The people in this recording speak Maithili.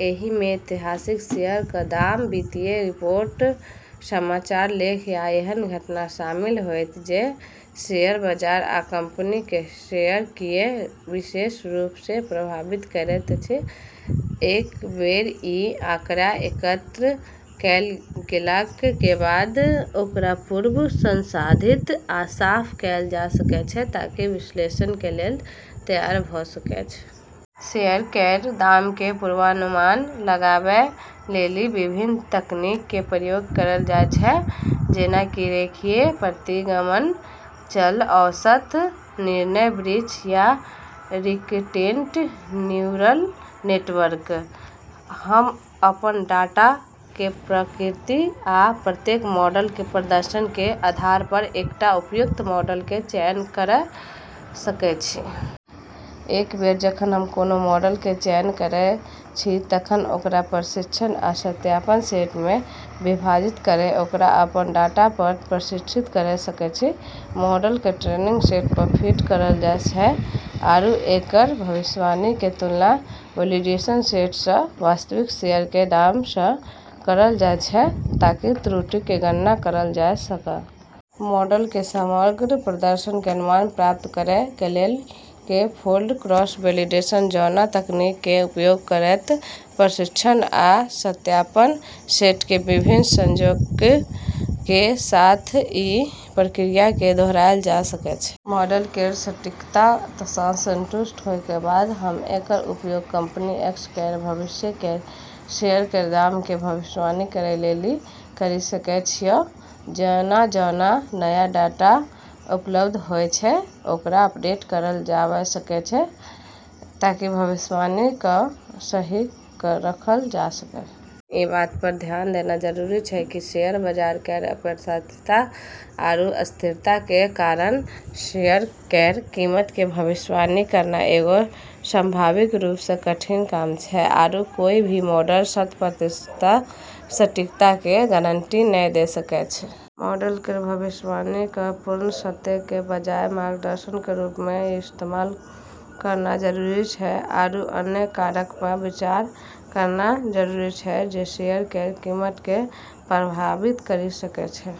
एहि मे ऐतिहासिक शेयर क दाम, वित्तीय रिपोर्ट, समाचार लेख या एहन घटना शामिल होएत जे शेयर बजार आ कंपनी के शेयर किये विशेष रूप से प्रभावित करैत अछि। एक बेर इ आंकड़ा एकत्र काएल गेलाक कें बाद ओकरा पूर्व संसाधित आ साफ काएल जा सकय छै ताकि विश्लेषण कें लेल तैयार भ सकय छै। शेयर केरऽ दाम के पूर्वानुमान लगाबै लेली विभिन्न तकनीक के प्रयोग करलऽ जाय छै, जेना कि रेखीय प्रतिगमन, चल औसत, निर्णय वृक्ष या रिकटेंट न्यूरल नेटवर्क। हम अपन डाटा कें प्रकृति आ प्रत्येक मॉडल कें प्रदर्शन कें अधार पर एकटा उपयुक्त मॉडल कें चयन करय सकय छी. एक बेर जखन हम कोनों मॉडल कें चयन करय छी तखन ओकरा प्रशिक्षण आ सत्यापन सेट मे विभाजित करै ओकरा अपन डाटा पर प्रशिक्षित करै सकय छी. मॉडल क॑ ट्रेनिंग सेट प॑ फिट करलऽ जाय छै आरू एकरऽ भविष्यवाणी के तुलना वैलिडेशन सेट स॑ वास्तविक शेयर के दाम स॑ करलऽ जाय छै ताकि त्रुटि के गणना करलऽ जाय सकै। मॉडल कें समग्र प्रदर्शन कें अनुमान प्राप्त करय कें लेल के-फोल्ड क्रॉस-वैलिडेशन जॉउना तकनीक कें उपयोग करत प्रशिक्षण आ सत्यापन सेट कें विभिन्न संजोक कें साथ इ प्रक्रिया कें दोहराएल जा सकय छै. मॉडल केरऽ सटीकता तथा संतुष्ट होय के बाद, हम एकरऽ उपयोग कंपनी एक्स केरऽ भविष्य केरऽ शेयर केरऽ दाम के भविष्यवाणी करै लेली करी सकै छियो। जॉउना-जॉउना नया डाटा उपलब्ध होय छै, ओकरा अपडेट करलऽ जाबा सकै छै ताकि भविष्यवाणी क॑ सही क रखलऽ जाय सकै। ई बात पर ध्यान देना जरूरी छै कि शेयर बजार केरऽ अप्रत्याशितता आरू स्थिरता के कारण शेयर केरऽ कीमत के भविष्यवाणी करना एगो संभाविक रूप स॑ कठिन काम छै, आरू कोय भी मॉडल शत-प्रतिशतता सटीकता के गारंटी नै दे सकै छै। मॉडल केरऽ भविष्यवाणी क॑ पूर्ण सत्य के बजाय मार्गदर्शन के रूप म॑ इस्तमाल करना जरूरी छै आरू अन्य कारकऽ पर विचार करना जरूरी छै जे शेयर के कीमत क॑ प्रभावित करी सकै छै।